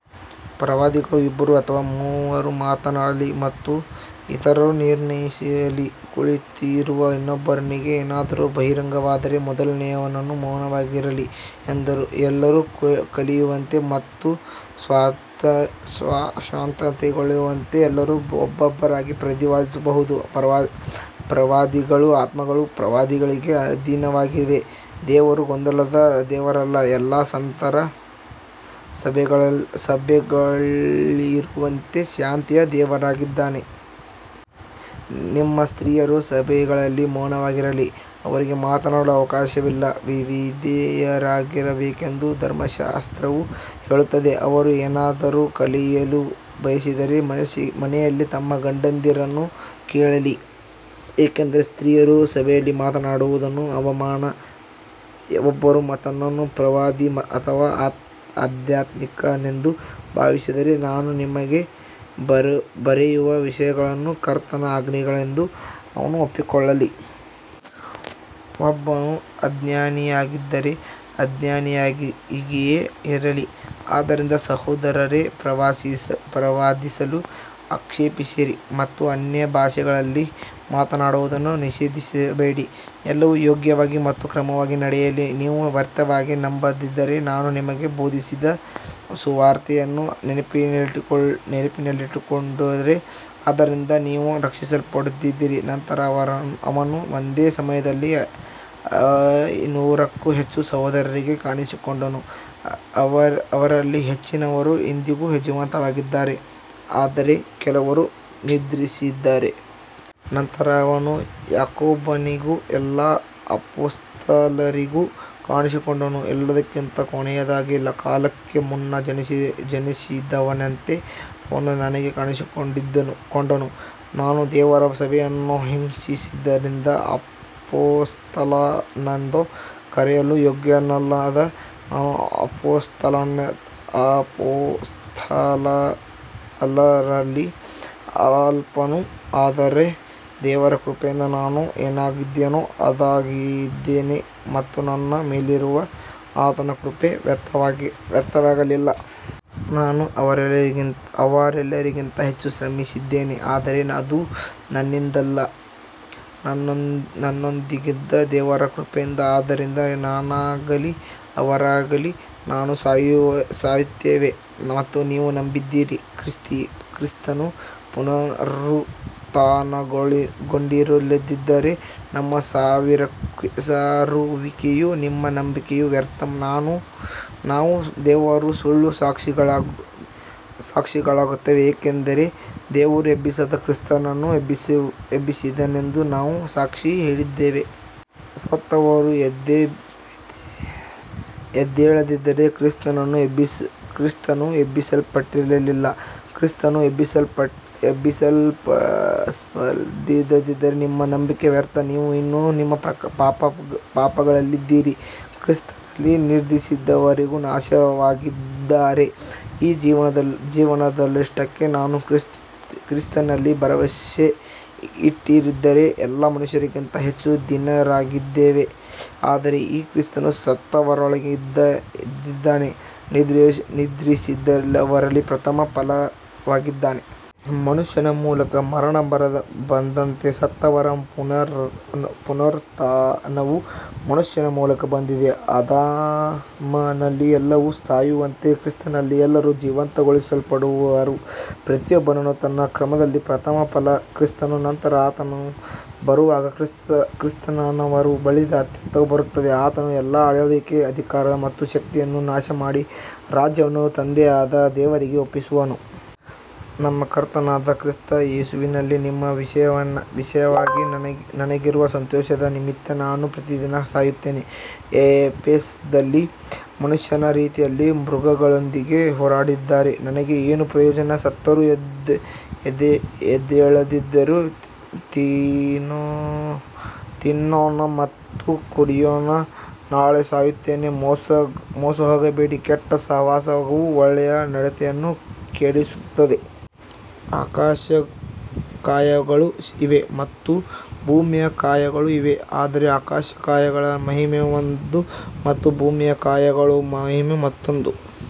ಪ್ರವಾದಿಗಳು ಇಬ್ಬರು ಅಥವಾ ಮೂವರು ಮಾತನಾಡಲಿ ಮತ್ತು ಇತರರು ನಿರ್ಣಯಿಸಲಿ. ಕುಳಿತಿರುವ ಇನ್ನೊಬ್ಬನಿಗೆ ಏನಾದರೂ ಬಹಿರಂಗವಾದರೆ ಮೊದಲನೆಯವನು ಮೌನವಾಗಿರಲಿ. ಎಲ್ಲರೂ ಕಲಿಯುವಂತೆ ಮತ್ತು ಸಾಂತ್ವನಗೊಳ್ಳುವಂತೆ ಎಲ್ಲರೂ ಒಬ್ಬೊಬ್ಬರಾಗಿ ಪ್ರವಾದಿಸಬಹುದು. ಪ್ರವಾದಿಗಳ ಆತ್ಮಗಳು ಪ್ರವಾದಿಗಳಿಗೆ ಅಧೀನವಾಗಿವೆ. ದೇವರು ಗೊಂದಲದ ದೇವರಲ್ಲ, ಎಲ್ಲಾ ಸಂತರ ಸಭೆಗಳಲ್ಲಿರುವಂತೆ ಶಾಂತಿಯ ದೇವರಾಗಿದ್ದಾನೆ. ನಿಮ್ಮ ಸ್ತ್ರೀಯರು ಸಭೆಗಳಲ್ಲಿ ಮೌನವಾಗಿರಲಿ, ಅವರಿಗೆ ಮಾತನಾಡಲು ಅವಕಾಶವಿಲ್ಲ, ವಿಧೇಯರಾಗಿರಬೇಕೆಂದು ಧರ್ಮಶಾಸ್ತ್ರವೂ ಹೇಳುತ್ತದೆ. ಅವರು ಏನನ್ನಾದರೂ ಕಲಿಯಲು ಬಯಸಿದರೆ ಮನೆಯಲ್ಲಿ ತಮ್ಮ ಗಂಡಂದಿರನ್ನು ಕೇಳಲಿ, ಏಕೆಂದರೆ ಸ್ತ್ರೀಯರು ಸಭೆಯಲ್ಲಿ ಮಾತನಾಡುವುದು ಅವಮಾನ. ಒಬ್ಬನು ತನ್ನನ್ನು ಪ್ರವಾದಿ ಅಥವಾ ಆಧ್ಯಾತ್ಮಿಕನೆಂದು ಭಾವಿಸಿದರೆ, ನಾನು ನಿಮಗೆ ಬರೆಯುವ ವಿಷಯಗಳು ಕರ್ತನ ಆಜ್ಞೆಗಳೆಂದು ಅವನು ಒಪ್ಪಿಕೊಳ್ಳಲಿ. ಒಬ್ಬನು ಅಜ್ಞಾನಿಯಾಗಿದ್ದರೆ ಅಜ್ಞಾನಿಯಾಗಿಯೇ ಇರಲಿ. ಆದ್ದರಿಂದ ಸಹೋದರರೇ, ಪ್ರವಾದಿಸಲು ಅಪೇಕ್ಷಿಸಿರಿ ಮತ್ತು ಅನ್ಯಭಾಷೆಗಳಲ್ಲಿ ಮಾತನಾಡುವುದನ್ನು ನಿಷೇಧಿಸಬೇಡಿ. ಎಲ್ಲವೂ ಯೋಗ್ಯವಾಗಿ ಮತ್ತು ಕ್ರಮವಾಗಿ ನಡೆಯಲಿ. ನೀವು ವ್ಯರ್ಥವಾಗಿ ನಂಬದಿದ್ದರೆ, ನಾನು ನಿಮಗೆ ಬೋಧಿಸಿದ ಸುವಾರ್ತೆಯನ್ನು ನೆನಪಿನಲ್ಲಿಟ್ಟುಕೊಂಡರೆ ಅದರಿಂದ ನೀವು ರಕ್ಷಿಸಲ್ಪಡುತ್ತೀರಿ. ನಂತರ ಅವನು ಒಂದೇ ಸಮಯದಲ್ಲಿ ಐನೂರಕ್ಕೂ ಹೆಚ್ಚು ಸಹೋದರರಿಗೆ ಕಾಣಿಸಿಕೊಂಡನು, ಅವರಲ್ಲಿ ಹೆಚ್ಚಿನವರು ಇಂದಿಗೂ ಜೀವಂತವಾಗಿದ್ದಾರೆ, ಆದರೆ ಕೆಲವರು ನಿದ್ರಿಸಿದ್ದಾರೆ. ನಂತರ ಅವನು ಯಾಕೋಬನಿಗೂ ಎಲ್ಲಾ ಅಪೊಸ್ತಲರಿಗೂ ಕಾಣಿಸಿಕೊಂಡನು. ಎಲ್ಲಕ್ಕಿಂತ ಕೊನೆಯದಾಗಿ, ಕಾಲಕ್ಕೆ ಮುನ್ನ ಜನಿಸಿದವನಂತೆ ಅವನು ನನಗೂ ಕಾಣಿಸಿಕೊಂಡನು. ನಾನು ದೇವರ ಸಭೆಯನ್ನು ಹಿಂಸಿಸಿದ್ದರಿಂದ ಅಪೊಸ್ತಲನೆಂದು ಕರೆಯಲು ಯೋಗ್ಯನಲ್ಲದ ನಾನು ಅಪೊಸ್ತಲರಲ್ಲಿ ಅಲ್ಪನು. ಆದರೆ ದೇವರ ಕೃಪೆಯಿಂದ ನಾನು ಏನಾಗಿದ್ದೇನೋ ಅದಾಗಿದ್ದೇನೆ, ಮತ್ತು ನನ್ನ ಮೇಲಿರುವ ಆತನ ಕೃಪೆ ವ್ಯರ್ಥವಾಗಲಿಲ್ಲ. ನಾನು ಅವರೆಲ್ಲರಿಗಿಂತ ಹೆಚ್ಚು ಶ್ರಮಿಸಿದ್ದೇನೆ, ಆದರೆ ಅದು ನನ್ನಿಂದಲ್ಲ, ನನ್ನೊಂದಿಗಿದ್ದ ದೇವರ ಕೃಪೆಯಿಂದ. ಆದ್ದರಿಂದ ನಾನಾಗಲಿ ಅವರಾಗಲಿ ನಾವು ಸಾರುತ್ತೇವೆ ಮತ್ತು ನೀವು ನಂಬಿದ್ದೀರಿ. ಕ್ರಿಸ್ತನು ಪುನರುತ್ಥಾನಗೊಂಡಿಲ್ಲದಿದ್ದರೆ ನಮ್ಮ ಸಾರುವಿಕೆಯೂ ನಿಮ್ಮ ನಂಬಿಕೆಯೂ ವ್ಯರ್ಥ. ನಾವು ದೇವರ ಸುಳ್ಳು ಸಾಕ್ಷಿಗಳಾಗುತ್ತೇವೆ, ಏಕೆಂದರೆ ದೇವರು ಎಬ್ಬಿಸದ ಕ್ರಿಸ್ತನನ್ನು ಎಬ್ಬಿಸಿದನೆಂದು ನಾವು ಸಾಕ್ಷಿ ಹೇಳಿದ್ದೇವೆ. ಸತ್ತವರು ಎದ್ದೇಳದಿದ್ದರೆ ಕ್ರಿಸ್ತನೂ ಎಬ್ಬಿಸಲ್ಪಟ್ಟಿಲ್ಲ. ಕ್ರಿಸ್ತನು ಎಬ್ಬಿಸಲ್ಪಡದಿದ್ದರೆ ನಿಮ್ಮ ನಂಬಿಕೆ ವ್ಯರ್ಥ, ನೀವು ಇನ್ನೂ ನಿಮ್ಮ ಪಾಪಗಳಲ್ಲಿದ್ದೀರಿ. ಕ್ರಿಸ್ತನಲ್ಲಿ ನಿದ್ರಿಸಿದವರೂ ನಾಶವಾಗಿದ್ದಾರೆ. ಈ ಜೀವನದಲ್ಲಷ್ಟೇ ನಾವು ಕ್ರಿಸ್ತನಲ್ಲಿ ಭರವಸೆಯಿಟ್ಟಿದ್ದರೆ ಎಲ್ಲ ಮನುಷ್ಯರಿಗಿಂತ ಹೆಚ್ಚು ದೀನರಾಗಿದ್ದೇವೆ. ಆದರೆ ಈಗ ಕ್ರಿಸ್ತನು ಸತ್ತವರೊಳಗಿಂದ ಎದ್ದಿದ್ದಾನೆ, ನಿದ್ರಿಸಿದವರಲ್ಲಿ ಪ್ರಥಮ ಫಲವಾಗಿದ್ದಾನೆ. ಮನುಷ್ಯನ ಮೂಲಕ ಮರಣ ಬಂದಂತೆ, ಸತ್ತವರ ಪುನರುತ್ಥಾನವೂ ಮನುಷ್ಯನ ಮೂಲಕ ಬಂದಿದೆ. ಆದಾಮನಲ್ಲಿ ಎಲ್ಲರೂ ಸಾಯುವಂತೆ ಕ್ರಿಸ್ತನಲ್ಲಿ ಎಲ್ಲರೂ ಜೀವಂತಗೊಳಿಸಲ್ಪಡುವರು. ಪ್ರತಿಯೊಬ್ಬನೂ ತನ್ನ ಕ್ರಮದಲ್ಲಿ, ಪ್ರಥಮ ಫಲ ಕ್ರಿಸ್ತನು, ನಂತರ ಆತನು ಬರುವಾಗ ಕ್ರಿಸ್ತನವರು. ಬಳಿಕ ಅಂತ್ಯವು ಬರುತ್ತದೆ, ಆತನು ಎಲ್ಲಾ ಆಳ್ವಿಕೆ, ಅಧಿಕಾರ ಮತ್ತು ಶಕ್ತಿಯನ್ನು ನಾಶಮಾಡಿ ರಾಜ್ಯವನ್ನು ತಂದೆಯಾದ ದೇವರಿಗೆ ಒಪ್ಪಿಸುವನು. ನಮ್ಮ ಕರ್ತನಾದ ಕ್ರಿಸ್ತ ಯೇಸುವಿನಲ್ಲಿ ನಿಮ್ಮ ವಿಷಯವಾಗಿ ನನಗಿರುವ ಸಂತೋಷದ ನಿಮಿತ್ತ ನಾನು ಪ್ರತಿದಿನ ಸಾಯುತ್ತೇನೆ. ಎಫೆಸದಲ್ಲಿ ಮನುಷ್ಯರ ರೀತಿಯಲ್ಲಿ ಮೃಗಗಳೊಂದಿಗೆ ಹೋರಾಡಿದ್ದರೆ ನನಗೆ ಏನು ಪ್ರಯೋಜನ, ಸತ್ತವರು ಎದ್ದೇಳದಿದ್ದರೆ, ತಿನ್ನೋಣ ಮತ್ತು ಕುಡಿಯೋಣ, ನಾಳೆ ಸಾಯುತ್ತೇವೆ. ಮೋಸಹೋಗಬೇಡಿ, ಕೆಟ್ಟ ಸಹವಾಸವು ಒಳ್ಳೆಯ ನಡತೆಯನ್ನು ಕೆಡಿಸುತ್ತದೆ. ಆಕಾಶಕಾಯಗಳೂ ಇವೆ ಮತ್ತು ಭೂಮಿಯ ಕಾಯಗಳೂ ಇವೆ, ಆದರೆ ಆಕಾಶಕಾಯಗಳ ಮಹಿಮೆ ಒಂದು ಮತ್ತು ಭೂಮಿಯ ಕಾಯಗಳ ಮಹಿಮೆ ಮತ್ತೊಂದು.